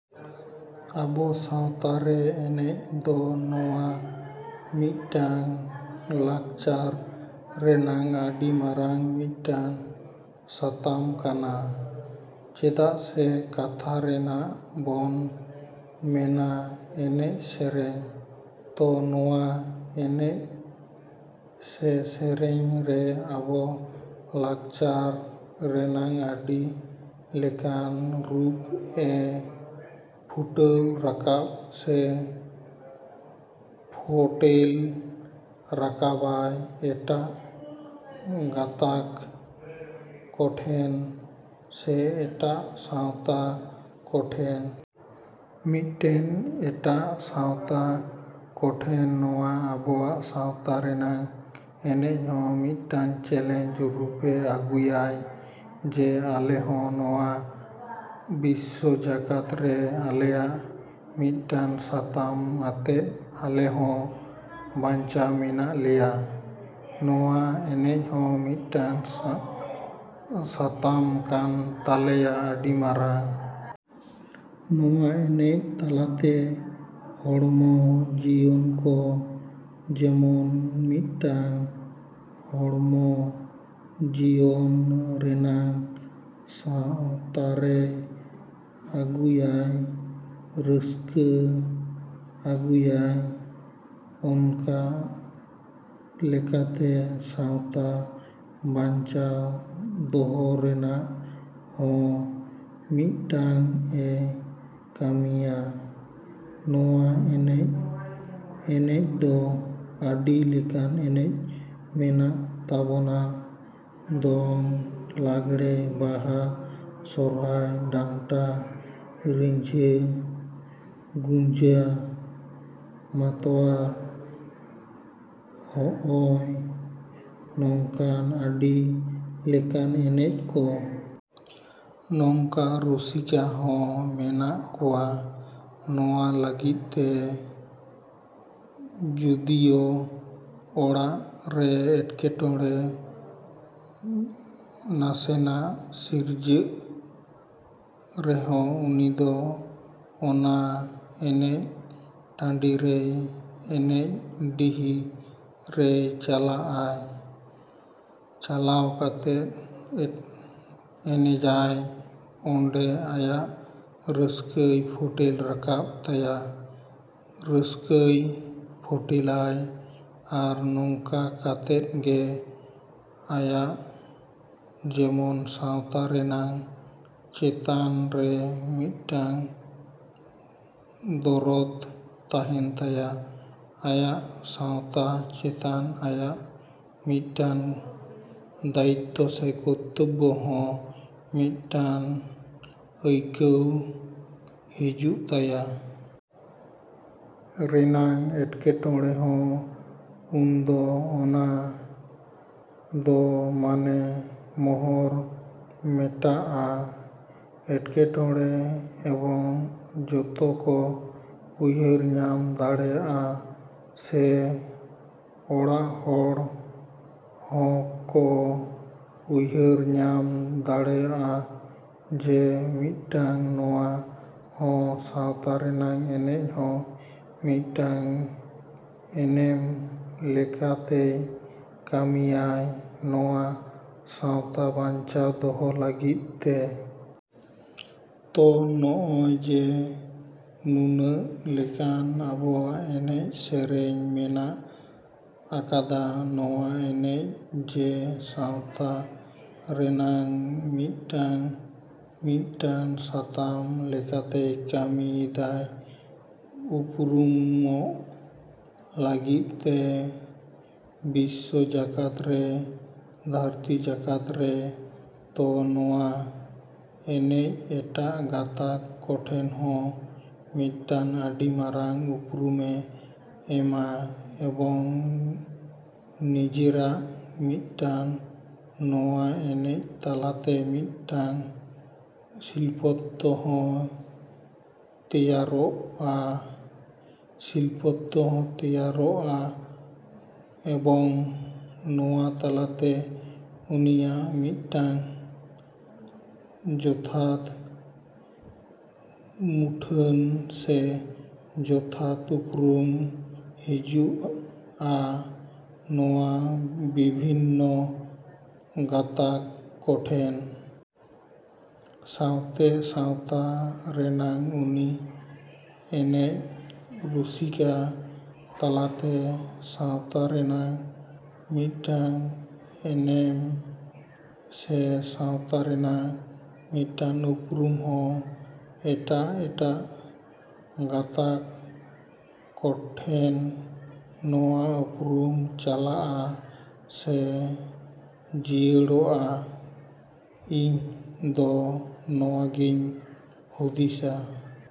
ᱟᱵᱚ ᱥᱟᱶᱛᱟ ᱨᱮ ᱮᱱᱮᱡ ᱫᱚ ᱱᱚᱣᱟ ᱢᱤᱫᱴᱟᱝ ᱞᱟᱠᱪᱟᱨ ᱨᱮᱱᱟᱜ ᱟᱹᱰᱤ ᱢᱟᱨᱟᱝ ᱢᱤᱫᱴᱟᱝ ᱥᱟᱛᱟᱢ ᱠᱟᱱᱟ, ᱪᱮᱫᱟᱜ ᱥᱮ ᱠᱟᱛᱷᱟ ᱨᱮᱜᱮᱵᱚᱱ ᱢᱮᱱᱟ ᱮᱱᱮᱡ ᱥᱮᱨᱮᱧ᱾ ᱛᱚ ᱱᱚᱣᱟ ᱮᱱᱮᱡ ᱥᱮ ᱥᱮᱨᱮᱧ ᱨᱮ ᱟᱵᱚ ᱞᱟᱠᱪᱟᱨ ᱨᱮᱱᱟᱜ ᱟᱹᱰᱤ ᱞᱮᱠᱟᱱ ᱨᱩᱯ ᱮ ᱯᱷᱩᱴᱟᱹᱣ ᱨᱟᱠᱟᱵᱟ ᱥᱮ ᱯᱷᱚᱴᱮᱞ ᱨᱟᱠᱟᱵᱟᱭ ᱮᱴᱟᱜ ᱜᱟᱛᱟᱠ ᱠᱚᱴᱷᱮᱱ ᱥᱮ ᱮᱴᱟᱜ ᱥᱟᱶᱛᱟ ᱠᱚᱴᱷᱮᱱ᱾ ᱢᱤᱫᱴᱟᱝ ᱮᱴᱟᱜ ᱥᱟᱶᱛᱟ ᱠᱚᱴᱷᱮᱱ ᱱᱚᱣᱟ ᱟᱵᱚᱱᱟᱜ ᱥᱟᱶᱛᱟ ᱨᱮᱱᱟᱜ ᱮᱱᱮᱡ ᱦᱚᱸ ᱢᱤᱫᱴᱟᱝ ᱪᱮᱞᱮᱧᱡᱽ ᱨᱩᱯᱮ ᱟᱹᱜᱩᱭᱟᱭ ᱡᱮ ᱟᱞᱮ ᱦᱚᱸ ᱱᱚᱣᱟ ᱵᱤᱥᱥᱚ ᱡᱟᱠᱟᱛ ᱨᱮ ᱟᱞᱮᱭᱟᱜ ᱢᱤᱫᱴᱟᱝ ᱥᱟᱛᱟᱢ ᱟᱛᱮᱫ ᱟᱞᱮ ᱦᱚᱸ ᱵᱟᱧᱪᱟᱣ ᱢᱮᱱᱟᱜ ᱞᱮᱭᱟ᱾ ᱱᱚᱣᱟ ᱮᱱᱮᱡ ᱦᱚᱸ ᱢᱤᱫᱴᱟᱝ ᱥᱟᱛᱟᱢ ᱠᱟᱱ ᱛᱟᱞᱮᱭᱟ ᱟᱹᱰᱤ ᱢᱟᱨᱟᱝ᱾ ᱱᱚᱣᱟ ᱮᱱᱮᱡ ᱛᱟᱞᱟᱛᱮ ᱦᱚᱲᱢᱚ ᱡᱤᱭᱚᱱ ᱠᱚ ᱡᱮᱢᱚᱱ ᱢᱤᱫᱴᱟᱝ ᱦᱚᱲᱢᱚ ᱡᱤᱭᱚᱱ ᱨᱮᱱᱟᱜ ᱥᱟᱶᱟᱨᱮ ᱟᱹᱜᱩᱭᱟᱭ, ᱨᱟᱹᱥᱠᱟᱹ ᱟᱹᱜᱩᱭᱟᱭ, ᱚᱱᱠᱟ ᱞᱮᱠᱟᱛᱮ ᱥᱟᱶᱛᱟ ᱵᱟᱧᱪᱟᱣ ᱫᱚᱦᱚ ᱨᱮᱱᱟᱜ ᱦᱚᱸ ᱢᱤᱫᱴᱟᱝ ᱮ ᱠᱟᱹᱢᱤᱭᱟ ᱱᱚᱣᱟ ᱮᱱᱮᱡ᱾ ᱮᱱᱮᱡ ᱫᱚ ᱟᱹᱰᱤ ᱞᱮᱠᱟᱱ ᱮᱱᱮᱡ ᱢᱮᱱᱟᱜ ᱛᱟᱵᱚᱱᱟ: ᱫᱚᱝ, ᱞᱟᱜᱽᱲᱮ, ᱵᱟᱦᱟ, ᱥᱚᱨᱦᱟᱭ, ᱰᱟᱱᱴᱟ, ᱨᱤᱡᱟᱹ, ᱜᱩᱡᱟᱹ, ᱢᱟᱛᱣᱟᱨ, ᱦᱚᱜᱼᱚᱭ ᱱᱚᱝᱠᱟᱱ ᱟᱹᱰᱤ ᱞᱮᱠᱟᱱ ᱮᱱᱮᱡ ᱠᱚ᱾ ᱱᱚᱝᱠᱟ ᱨᱩᱥᱤᱠᱟ ᱦᱚᱸ ᱢᱮᱱᱟᱜ ᱠᱚᱣᱟ ᱱᱚᱣᱟ ᱞᱟᱹᱜᱤᱫ ᱛᱮ ᱡᱚᱫᱤᱭᱳ ᱚᱲᱟᱜ ᱨᱮ ᱮᱴᱠᱮᱴᱚᱬᱮ ᱱᱟᱥᱮᱱᱟᱜ ᱥᱤᱨᱡᱟᱹᱜ ᱨᱮᱦᱚᱸ ᱩᱱᱤ ᱫᱚ ᱚᱱᱟ ᱮᱱᱮᱡ ᱰᱟᱹᱦᱤᱨᱮ, ᱮᱱᱮᱡ ᱰᱤᱦᱤ ᱨᱮᱭ ᱪᱟᱞᱟᱜᱼᱟᱭ᱾ ᱪᱟᱞᱟᱣ ᱠᱟᱛᱮ ᱮᱱᱮᱡᱟᱭ, ᱚᱸᱰᱮ ᱟᱭᱟᱜ ᱨᱟᱹᱥᱠᱟᱹᱭ ᱯᱷᱚᱴᱮᱞ ᱨᱟᱠᱟᱵ ᱛᱟᱭᱟ, ᱨᱟᱹᱥᱠᱟᱹᱭ ᱯᱷᱚᱴᱮᱞᱟᱭ ᱟᱨ ᱱᱚᱝᱠᱟ ᱠᱟᱛᱮᱫ ᱜᱮ ᱟᱭᱟᱜ ᱡᱮᱢᱚᱱ ᱥᱟᱶᱛᱟ ᱨᱮᱱᱟᱜ ᱪᱮᱛᱟᱱ ᱨᱮ ᱢᱤᱫᱴᱟᱝ ᱫᱚᱨᱚᱫ ᱛᱟᱦᱮᱱ ᱛᱟᱭᱟ, ᱟᱭᱟᱜ ᱥᱟᱶᱛᱟ ᱪᱮᱛᱟᱱ ᱟᱭᱟᱜ ᱢᱤᱫᱴᱟᱝ ᱫᱟᱭᱤᱛᱛᱚ ᱥᱮ ᱠᱚᱨᱛᱚᱵᱵᱚ ᱦᱚᱸ ᱢᱤᱫᱴᱟᱝ ᱟᱹᱭᱠᱟᱹᱣ ᱦᱤᱡᱩᱜ ᱛᱟᱭᱟ᱾ ᱨᱮᱱᱟᱜ ᱮᱴᱠᱮᱴᱚᱬᱮ ᱦᱚᱸ ᱩᱱᱫᱚ ᱚᱱᱟ ᱫᱚ ᱢᱟᱱᱮ ᱢᱚᱦᱚᱨ ᱢᱮᱴᱟᱜᱼᱟ ᱮᱴᱠᱮᱴᱚᱬᱮ ᱮᱵᱚᱝ ᱡᱚᱛᱚ ᱠᱚ ᱩᱭᱦᱟᱹᱨ ᱧᱟᱢ ᱫᱟᱲᱮᱭᱟᱜᱼᱟ ᱥᱮ ᱚᱲᱟᱜ ᱦᱚᱲ ᱦᱚᱸᱠᱚ ᱩᱭᱦᱟᱹᱨ ᱧᱟᱢ ᱫᱟᱲᱮᱭᱟᱜᱼᱟ ᱡᱮ ᱢᱤᱫᱴᱟᱝ ᱱᱚᱣᱟ ᱦᱚᱸ ᱥᱟᱶᱛᱟ ᱨᱮᱱᱟᱜ ᱮᱱᱮᱡ ᱦᱚᱸ ᱢᱤᱫᱴᱟᱝ ᱮᱱᱮᱢ ᱞᱮᱠᱟ ᱛᱮᱭ ᱠᱟᱹᱢᱤᱭᱟᱭ ᱱᱚᱣᱟ ᱥᱟᱶᱛᱟ ᱵᱟᱧᱪᱟᱣ ᱫᱚᱦᱚ ᱞᱟᱹᱜᱤᱫ ᱛᱮ᱾ ᱛᱚ ᱱᱚᱜᱼᱚᱭ ᱡᱮ ᱱᱩᱱᱟᱹᱜ ᱞᱮᱠᱟᱱ ᱟᱵᱚᱣᱟᱜ ᱮᱱᱮᱡ ᱥᱮᱨᱮᱧ ᱢᱮᱱᱟᱜ ᱟᱠᱟᱫᱟ, ᱱᱚᱣᱟ ᱮᱱᱮᱡ ᱡᱮ ᱥᱟᱶᱛᱟ ᱨᱮᱱᱟᱜ ᱢᱤᱫᱴᱟᱝ ᱢᱤᱫᱴᱟᱝ ᱥᱟᱛᱟᱢ ᱞᱮᱠᱟᱛᱮᱭ ᱠᱟᱹᱢᱤᱭᱮᱫᱟᱭ ᱩᱯᱨᱩᱢᱩᱜ ᱞᱟᱹᱜᱤᱫ ᱛᱮ ᱵᱤᱥᱥᱚ ᱡᱟᱠᱟᱛ ᱨᱮ, ᱫᱷᱟᱹᱨᱛᱤ ᱡᱟᱠᱟᱛ ᱨᱮ, ᱛᱚ ᱱᱚᱣᱟ ᱮᱱᱮᱡ ᱮᱴᱟᱜ ᱜᱟᱛᱟᱠ ᱠᱚᱴᱷᱮᱱ ᱦᱚᱸ ᱢᱤᱫᱴᱟᱝ ᱟᱹᱰᱤ ᱢᱟᱨᱟᱝ ᱩᱯᱨᱩᱢᱮ ᱮᱢᱟ ᱮᱵᱚᱝ ᱱᱤᱡᱮᱨᱟᱜ ᱢᱤᱫᱴᱟᱱ ᱱᱚᱣᱟ ᱮᱱᱮᱡ ᱛᱟᱞᱟᱛᱮ ᱢᱤᱫᱴᱟᱝ ᱥᱤᱞᱯᱚᱛᱛᱚ ᱦᱚᱸ ᱛᱮᱭᱟᱨᱚᱜᱼᱟ, ᱥᱤᱞᱯᱚᱛᱛᱚ ᱛᱮᱭᱟᱨᱚᱜᱼᱟ ᱮᱵᱚᱝ ᱱᱚᱣᱟ ᱛᱟᱞᱟᱛᱮ ᱩᱱᱤᱭᱟᱜ ᱢᱤᱫᱴᱟᱝ ᱡᱚᱛᱷᱟᱛ ᱢᱩᱴᱷᱟᱹᱱ ᱥᱮ ᱡᱚᱛᱷᱟᱛ ᱩᱯᱨᱩᱢ ᱦᱤᱡᱩᱜᱼᱟ ᱱᱚᱣᱟ ᱵᱤᱵᱷᱤᱱᱱᱚ ᱜᱟᱛᱟᱠ ᱠᱚᱴᱷᱮᱱ᱾ ᱥᱟᱶᱛᱮ ᱥᱟᱶᱛᱟ ᱨᱮᱱᱟᱜ ᱩᱱᱤ ᱮᱱᱮᱡ ᱨᱩᱥᱤᱠᱟ ᱛᱟᱞᱟᱛᱮ ᱥᱟᱶᱛᱟ ᱨᱮᱱᱟᱜ ᱢᱤᱫᱴᱟᱝ ᱮᱱᱮᱢ ᱥᱮ ᱥᱟᱶᱛᱟ ᱨᱮᱱᱟᱜ ᱢᱤᱫᱴᱟᱝ ᱩᱯᱨᱩᱢ ᱦᱚᱸ ᱮᱴᱟᱜ ᱮᱴᱟᱜ ᱜᱟᱛᱟᱠ ᱠᱚᱴᱷᱮᱱ ᱱᱚᱣᱟ ᱩᱯᱨᱩᱢ ᱪᱟᱞᱟᱜᱼᱟ ᱥᱮ ᱡᱤᱭᱟᱹᱲᱚᱜᱼᱟ᱾ ᱤᱧ ᱫᱚ ᱱᱚᱣᱟ ᱜᱮᱧ ᱦᱩᱫᱤᱥᱟ᱾।